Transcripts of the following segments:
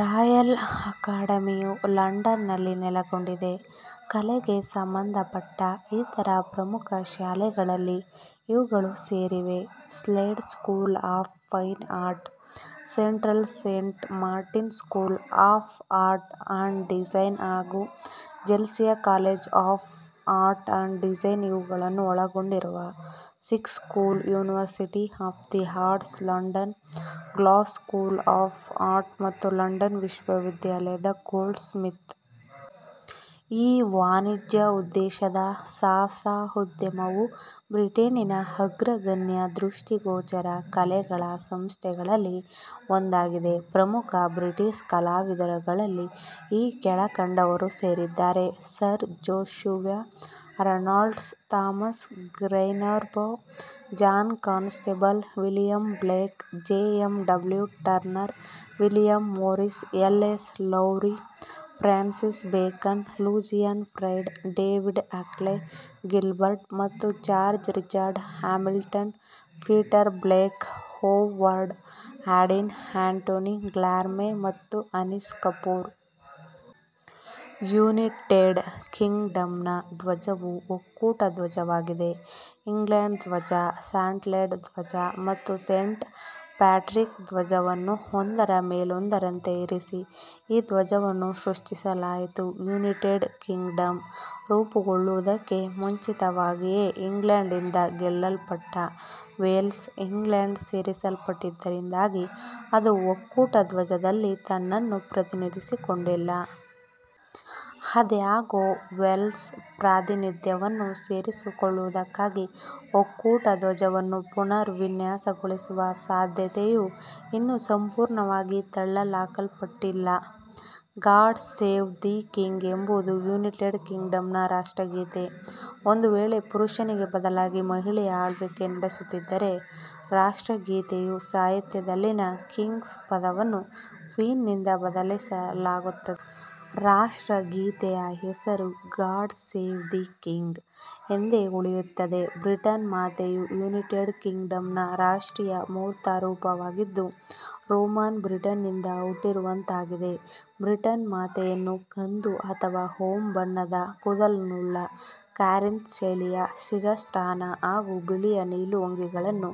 Royal Academy ಯು ಲಂಡನ್ನಲ್ಲಿ ನೆಲೆಗೊಂಡಿದೆ. ಕಲೆಗೆ ಸಂಬಂಧಪಟ್ಟ ಇತರ ಪ್ರಮುಖ ಶಾಲೆಗಳಲ್ಲಿ ಇವುಗಳು ಸೇರಿವೆ: Slade School of Fine Art; Central Saint Martins School of Art and Design ಹಾಗೂ Chelsea College of Art and Design ಇವುಗಳನ್ನು ಒಳಗೊಂಡಿರುವ six school University of the Arts London; Glasgow School of Art ಮತ್ತು ಲಂಡನ್ ವಿಶ್ವವಿದ್ಯಾಲಯದ ಗೋಲ್ಡ್ಸ್ಮಿತ್ಸ್. ಈ ವಾಣಿಜ್ಯೋದ್ದೇಶದ ಸಾಹಸೋದ್ಯಮವು ಬ್ರಿಟನ್ನಿನ ಅಗ್ರಗಣ್ಯ ದೃಷ್ಟಿಗೋಚರ ಕಲೆಗಳ ಸಂಸ್ಥೆಗಳಲ್ಲಿ ಒಂದಾಗಿದೆ. ಪ್ರಮುಖ ಬ್ರಿಟಿಷ್ ಕಲಾವಿದರುಗಳಲ್ಲಿ ಈ ಕೆಳಕಂಡವರು ಸೇರಿದ್ದಾರೆ: Sir Joshua Reynolds, Thomas Gainsborough, John Constable, William Blake, J. M. W. Turner, William Morris, L. S. Lowry, Francis Bacon, Lucian Freud, David Hockney, Gilbert ಮತ್ತು George, Richard Hamilton, Peter Blake, Howard Hodgkin, Antony Gormley ಮತ್ತು Anish Kapoor. United ಕಿಂಗಡಂನ ಧ್ವಜ ವು ಒಕ್ಕೂಟ ಧ್ವಜ ವಾಗಿದೆ. ಇಂಗ್ಲೆಂಡ್ನ ಧ್ವಜ, ಸ್ಕಾಟ್ಲೆಂಡ್ನ ಧ್ವಜ ಮತ್ತು ಸೇಂಟ್ ಪ್ಯಾಟ್ರಿಕ್ರ ಧ್ವಜ ವನ್ನು ಒಂದರ ಮೇಲೊಂದರಂತೆ ಇರಿಸಿ ಈ ಧ್ವಜವನ್ನು ಸೃಷ್ಟಿಸಲಾಯಿತು. ಯುನೈಟೆಡ್ ಕಿಂಗಡಂ ರೂಪುಗೊಳ್ಳುವುದಕ್ಕೆ ಮುಂಚಿತವಾಗಿಯೇ, ಇಂಗ್ಲೆಂಡ್ನಿಂದ ಗೆಲ್ಲಲ್ಪಟ್ಟ ವೇಲ್ಸ್ ಇಂಗ್ಲೆಂಡ್ಗೆ ಸೇರಿಸಲ್ಪಟ್ಟಿದ್ದರಿಂದಾಗಿ ಅದು ಒಕ್ಕೂಟ ಧ್ವಜದಲ್ಲಿ ತನ್ನನ್ನು ಪ್ರತಿನಿಧಿಸಿಕೊಂಡಿಲ್ಲ. ಆದಾಗ್ಯೂ, ವೇಲ್ಸ್ನ ಪ್ರಾತಿನಿಧ್ಯವನ್ನು ಸೇರಿಸಿಕೊಳ್ಳುವುದಕ್ಕಾಗಿ ಒಕ್ಕೂಟ ಧ್ವಜವನ್ನು ಪುನರ್ ವಿನ್ಯಾಸಗೊಳಿಸುವ ಸಾಧ್ಯತೆಯು ಇನ್ನೂ ಸಂಪೂರ್ಣವಾಗಿ ತಳ್ಳಿಹಾಕಲ್ಪಟ್ಟಿಲ್ಲ. " ಗಾಡ್ ಸೇವ್ ದಿ ಕಿಂಗ್ " ಎಂಬುದು ಯುನೈಟೆಡ್ ಕಿಂಗ್ಡಂನ ರಾಷ್ಟ್ರಗೀತೆ. ಒಂದು ವೇಳೆ ಪುರುಷನಿಗೆ ಬದಲಾಗಿ ಮಹಿಳೆಯು ಆಳ್ವಿಕೆ ನಡೆಸುತ್ತಿದ್ದರೆ, ರಾಷ್ಟ್ರಗೀತೆಯ ಸಾಹಿತ್ಯದಲ್ಲಿನ "ಕಿಂಗ್" ಪದವನ್ನು "ಕ್ವೀನ್"ನಿಂದ ಬದಲಾಯಿಸಲಾಗುತ್ತದೆ. ರಾಷ್ಟ್ರಗೀತೆಯ ಹೆಸರು "ಗಾಡ್ ಸೇವ್ ದಿ ಕಿಂಗ್" ಎಂದೇ ಉಳಿಯುತ್ತದೆ. ಬ್ರಿಟನ್ ಮಾತೆ ಯು ಯುನೈಟೆಡ್ ಕಿಂಗ್ಡಂನ ರಾಷ್ಟ್ರೀಯ ಮೂರ್ತರೂಪ ವಾಗಿದ್ದು, ರೋಮನ್ ಬ್ರಿಟನ್ ನಿಂದ ಹುಟ್ಟಿರುವಂಥಾದ್ದಾಗಿದೆ. ಬ್ರಿಟನ್ ಮಾತೆಯನ್ನು ಕಂದು ಅಥವಾ ಹೊಂಬಣ್ಣದ ಕೂದಲನ್ನುಳ್ಳ, ಕಾರಿಂತ್ ಶೈಲಿಯ ಶಿರಸ್ತ್ರಾಣ ಹಾಗೂ ಬಿಳಿಯ ನಿಲುವಂಗಿಗಳನ್ನು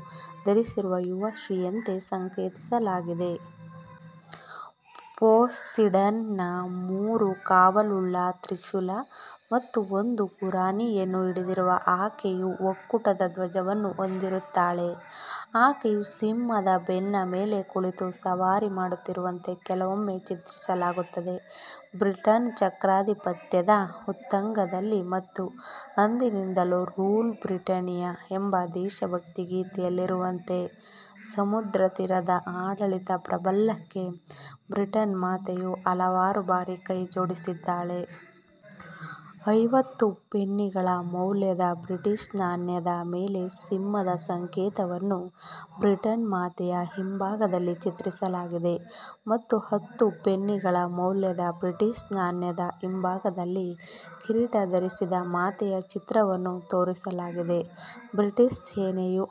ಧರಿಸಿರುವ ಯುವ ಸ್ತ್ರೀಯಂತೆ ಸಂಕೇತಿಸಲಾಗಿದೆ. ಪೋಸಿಡಾನ್ ನ ಮೂರು ಕವಲುಳ್ಳ ತ್ರಿಶೂಲ ಮತ್ತು ಒಂದು ಗುರಾಣಿ ಯನ್ನು ಹಿಡಿದಿರುವ ಆಕೆಯು, ಒಕ್ಕೂಟದ ಧ್ವಜವನ್ನು ಹೊಂದಿರುತ್ತಾಳೆ. ಆಕೆಯು ಸಿಂಹದ ಬೆನ್ನ ಮೇಲೆ ಕುಳಿತು ಸವಾರಿ ಮಾಡುತ್ತಿರುವಂತೆ ಕೆಲವೊಮ್ಮೆ ಚಿತ್ರಿಸಲಾಗುತ್ತದೆ. ಬ್ರಿಟನ್ ಚಕ್ರಾಧಿಪತ್ಯದ ಉತ್ತುಂಗದಲ್ಲಿ ಮತ್ತು ಅಂದಿನಿಂದಲೂ, ರೂಲ್, ಬ್ರಿಟಾನಿಯಾ! ಎಂಬ ದೇಶಭಕ್ತಿ ಗೀತೆಯಲ್ಲಿರುವಂತೆ, ಸಮುದ್ರ ತೀರದ ಆಡಳಿತ ಪ್ರಾಬಲ್ಯಕ್ಕೆ ಬ್ರಿಟನ್ ಮಾತೆಯು ಹಲವುಬಾರಿ ಕೈಜೋಡಿಸಿದ್ದಾಳೆ. ಐವತ್ತು ಪೆನ್ನಿಗಳ ಮೌಲ್ಯದ ಬ್ರಿಟಿಷ್ ನಾಣ್ಯ ದ ಮೇಲೆ ಸಿಂಹ ದ ಸಂಕೇತವನ್ನು ಬ್ರಿಟನ್ ಮಾತೆಯ ಹಿಂಭಾಗದಲ್ಲಿ ಚಿತ್ರಿಸಲಾಗಿದೆ ಮತ್ತು ಹತ್ತು ಪೆನ್ನಿಗಳ ಮೌಲ್ಯದ ಬ್ರಿಟಿಷ್ ನಾಣ್ಯ ದ ಹಿಂಭಾಗದಲ್ಲಿ ಕಿರೀಟ ಧರಿಸಿದ ಮಾತೆಯ ಚಿತ್ರವನ್ನು ತೋರಿಸಲಾಗಿದೆ. ಬ್ರಿಟಿಷ್ ಸೇನೆ ಯ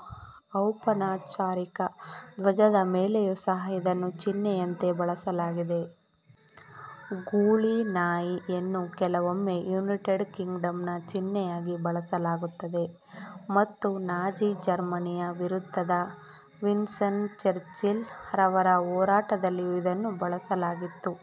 ಅನೌಪಚಾರಿಕ ಧ್ವಜದ ಮೇಲೆಯೂ ಸಹ ಇದನ್ನು ಚಿಹ್ನೆಯಂತೆ ಬಳಸಲಾಗಿದೆ. ಗೂಳಿನಾಯಿ ಯನ್ನು ಕೆಲವೊಮ್ಮೆ ಯುನೈಟೆಡ್ ಕಿಂಗ್ಡಂನ ಚಿಹ್ನೆಯಾಗಿ ಬಳಸಲಾಗುತ್ತದೆ ಮತ್ತು ನಾಜಿ ಜರ್ಮನಿಯ ವಿರುದ್ಧದ ವಿನ್ಸ್ಟನ್ ಚರ್ಚಿಲ್ ರವರ ಹೋರಾಟದಲ್ಲಿಯೂ ಇದನ್ನು ಬಳಸಲಾಗಿತ್ತು.